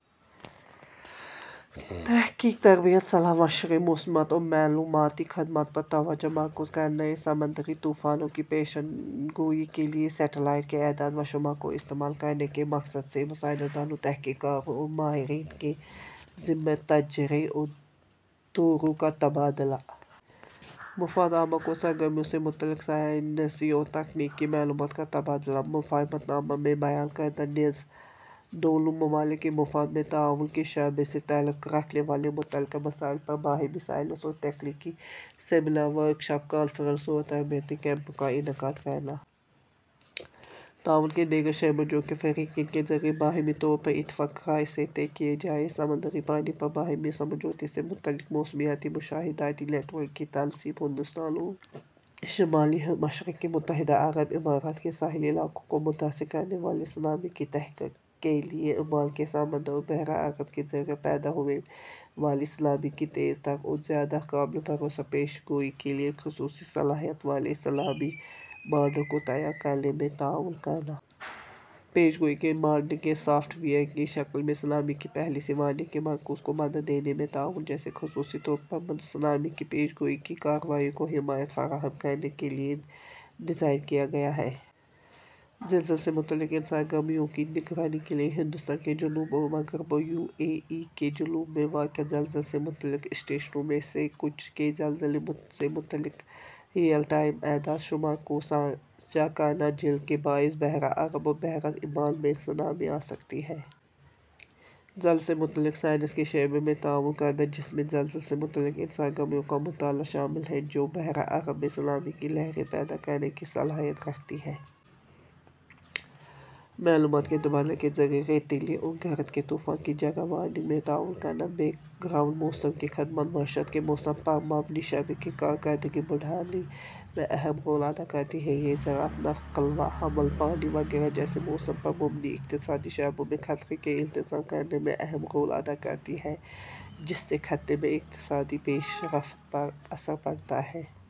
- تحقیق ،تربیت، صلاح و مشورے، موسمیات کی معلوماتی خدمات پر توجہ مرکوز کرنے، سمندری طوفانوں کی پیشگوئی کے لئے سیٹیلائٹ کے اعداد وشمار کو استعمال کرنے کے مقصد سے سائنسدانوں، تحقیق کاروں اور ماہرین کے ذمے تجربے اور دوروں کاتبادلہ۔ مفاد عامہ کی سرگرمیوں سے متعلق سائنسی اور تکنیکی معلومات کاتبادلہ۔ مفاہمت نامہ میں بیان کردہ نیز دونوں ممالک کے مفاد میں تعاون کے شعبے سے تعلق رکھنے والے متعلقہ مسائل پر باہمی سائنسی اور تکنیکی سیمینار، ورک شاپ، کانفرنسوں اور تربیتی کیمپوں کا انعقاد کرنا۔ تعاون کے دیگر شعبے جو کہ فریقین کے ذریعہ باہمی طور پر اتفاق رائے سے طے کئے جائیں۔ سمندری پانی پر باہمی سمجھوتے سے متعلق موسمیاتی مشاہداتی نیٹ ورک کی تنصیب۔ ہندوستان اور شمال مشرقی متحدہ عرب امارات کے ساحلی علاقوں کو متاثر کرنے والے سنامی کی تحقیق کے لئے عمان کے سمندر اور بحرہ عرب کے ذریعہ پیدا ہونے والے سنامی کی تیز تر اور زیادہ قابل بھروسہ پیشگوئی کے لئے خصوصی صلاحیت والے سنامی ماڈل کو تیار کرنے میں تعاون کرنا۔ پیشگوئی کے ماڈلنگ کے سافٹ ویئر کی شکل میں سنامی کی پہلے سے وارننگ کے مرکز کو مدد دینے میں تعاون جسے خصوصی طور پر سنامی کی پیشگوئی کی کارروائیوں کو حمایت فراہم کرنے کے لئے ڈیزائن کیا گیا ہے۔ زلزلے سے متعلق ان سرگرمیوں کی نگرانی کے لئے ہندوستان کے جنوب اور مغرب اور یو اے ای کے جنوب میں واقع زلزلے سے متعلق اسٹیشنوں میں سے کچھ کے زلزلے سے متعلق ریئل ٹائم اعداد وشمار کو ساجھا کرنا جن کے باعث بحرہ عرب اور بحرہ عمان میں سنامی آسکتی ہے۔ زلزلے سے متعلق سائنس کے شعبے میں تعاون کردہ جس میں زلزلے سے متعلق ان سرگرمیوں کا مطالعہ شامل ہیں جو بحرہ عرب میں سنامی کی لہریں پیدا کرنے کی صلاحیت رکھتی ہے۔ معلومات کے تبادلے کے ذریعہ ریتیلے اور گرد کے طوفانوں کی جل وارننگ میں تعاون کرنا۔ بیک گراؤنڈ موسم کی خدمات معیشت کے موسم پر مبنی شعبے کی کارکردگی بڑھانے میں اہم رول ادا کرتی ہے یہ زراعت، نقل و حمل، پانی وغیرہ جیسے موسم پر مبنی اقتصادی شعبوں میں خطرے کے انتظام کرنے میں اہم رول ادا کرتی ہے جس سے خطے میں اقتصادی پیش رفت پر اثر پڑتا ہے۔